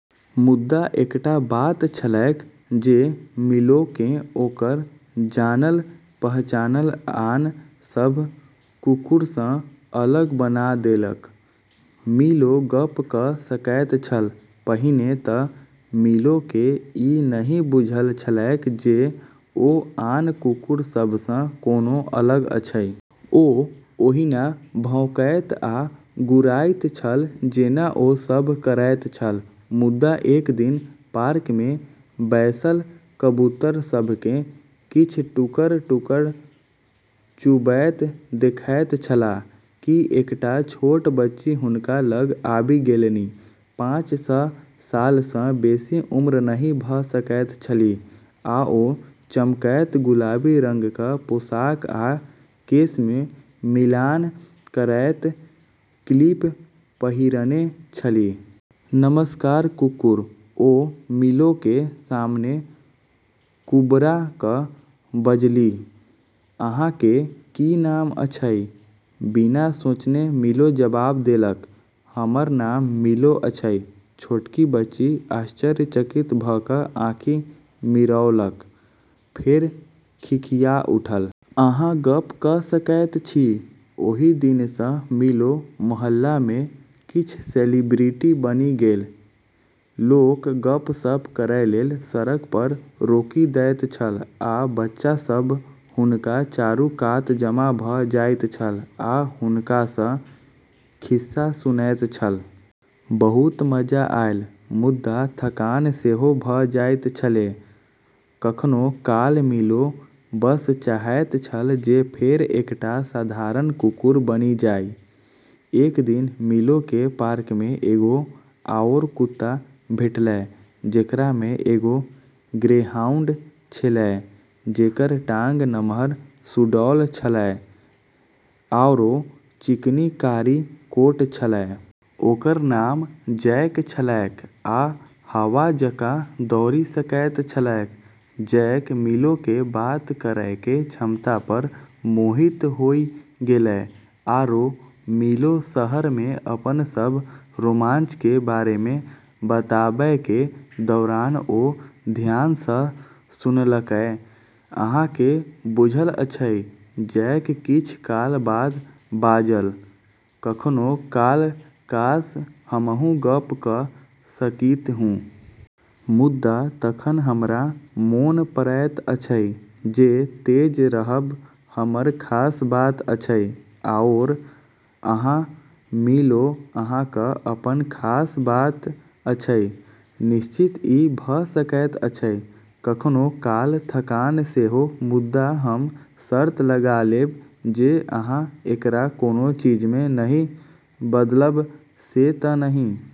मुदा एकटा बात छलैक जे मिलोकेँ ओकर जानल-पहचानल आन सभ कुकुरसँ अलग बना देलक। मिलो गप्प क' सकैत छल। पहिने तऽ मिलोकेँ ई नहि बुझल छलैक जे ओ आन कुकुर सभसँ कोनो अलग अछि। ओ ओहिना भौंकैत आ गुर्राइत छल जेना ओ सभ करैत छल। मुदा एक दिन पार्कमे बैसल कबूतर सभकेँ किछ टुकड़-टुकड़ चुभैत देखैत छलाह, कि एकटा छोट बच्ची हुनका लग आबि गेलनि। पाँच-छह सालसँ बेसी उम्र नहि भ' सकैत छलीह, आ ओ चमकैत गुलाबी रंगक पोशाक आ केशमे मिलान करैत क्लिप पहिरने छलीह। "नमस्कार कुकुर" ओ मिलोके सामने कुबड़ा क' बजलीह। "अहाँके की नाम अछि? " बिना सोचने मिलो जवाब देलक, "हमर नाम मिलो अछि। " छोटकी बच्ची आश्चर्यचकित भ' क' आँखि मिड़ौलक, फेर खिखिआ उठल। "अहाँ गप्प क' सकैत छी! " ओहि दिन सँ मिलो मोहल्लामे किछ सेलिब्रिटी बनि गेल। लोक गप्प-सप्प करै लेल सड़क पर रोकि दैत छल, आ बच्चा सब हुनका चारू कात जमा भ' जाइत छल आ हुनकासँ खिस्सा सुनैत छल। बहुत मजा आयल, मुदा थकान सेहो भ' जाइत छले । कखनो काल मिलो बस चाहैत छल जे फेर एकटा साधारण कुकुर बनि जाइ । एक दिन मिलोके पार्कमे एगो आओर कुत्ता भेटलै, जेकरामे एगो ग्रेहाउंड छेलै, जेकर टांग नम्हर, सुडौल छलै आरो चिकना कारी कोट छलै। ओकर नाम जैक छलैक, आ हवा जकाँ दौड़ि सकैत छलैक। जैक मिलोके बात करैके क्षमता पर मोहित होइ गेलै, आरो मिलो शहरमे अपन सब रोमांचके बारेमे बताबैके दौरान ओ ध्यानसँ सुनलकै। "अहाँ केँ बुझल अछि," जैक किछ काल बाद बाजल, "कखनो काल काश, हमहूँ गप्प क' सकितहुँ। मुदा तखन हमरा मोन पड़ैत अछि जे तेज रहब हमर खास बात अछि। आओर अहाँ, मिलो, अहाँक अपन खास बात अछि। निश्चित, ई भ' सकैत अछि. " कखनो काल थकान सेहो, मुदा हम शर्त लगा लेब जे अहाँ एकरा कोनो चीजमे नहि बदलब, से त' नहि?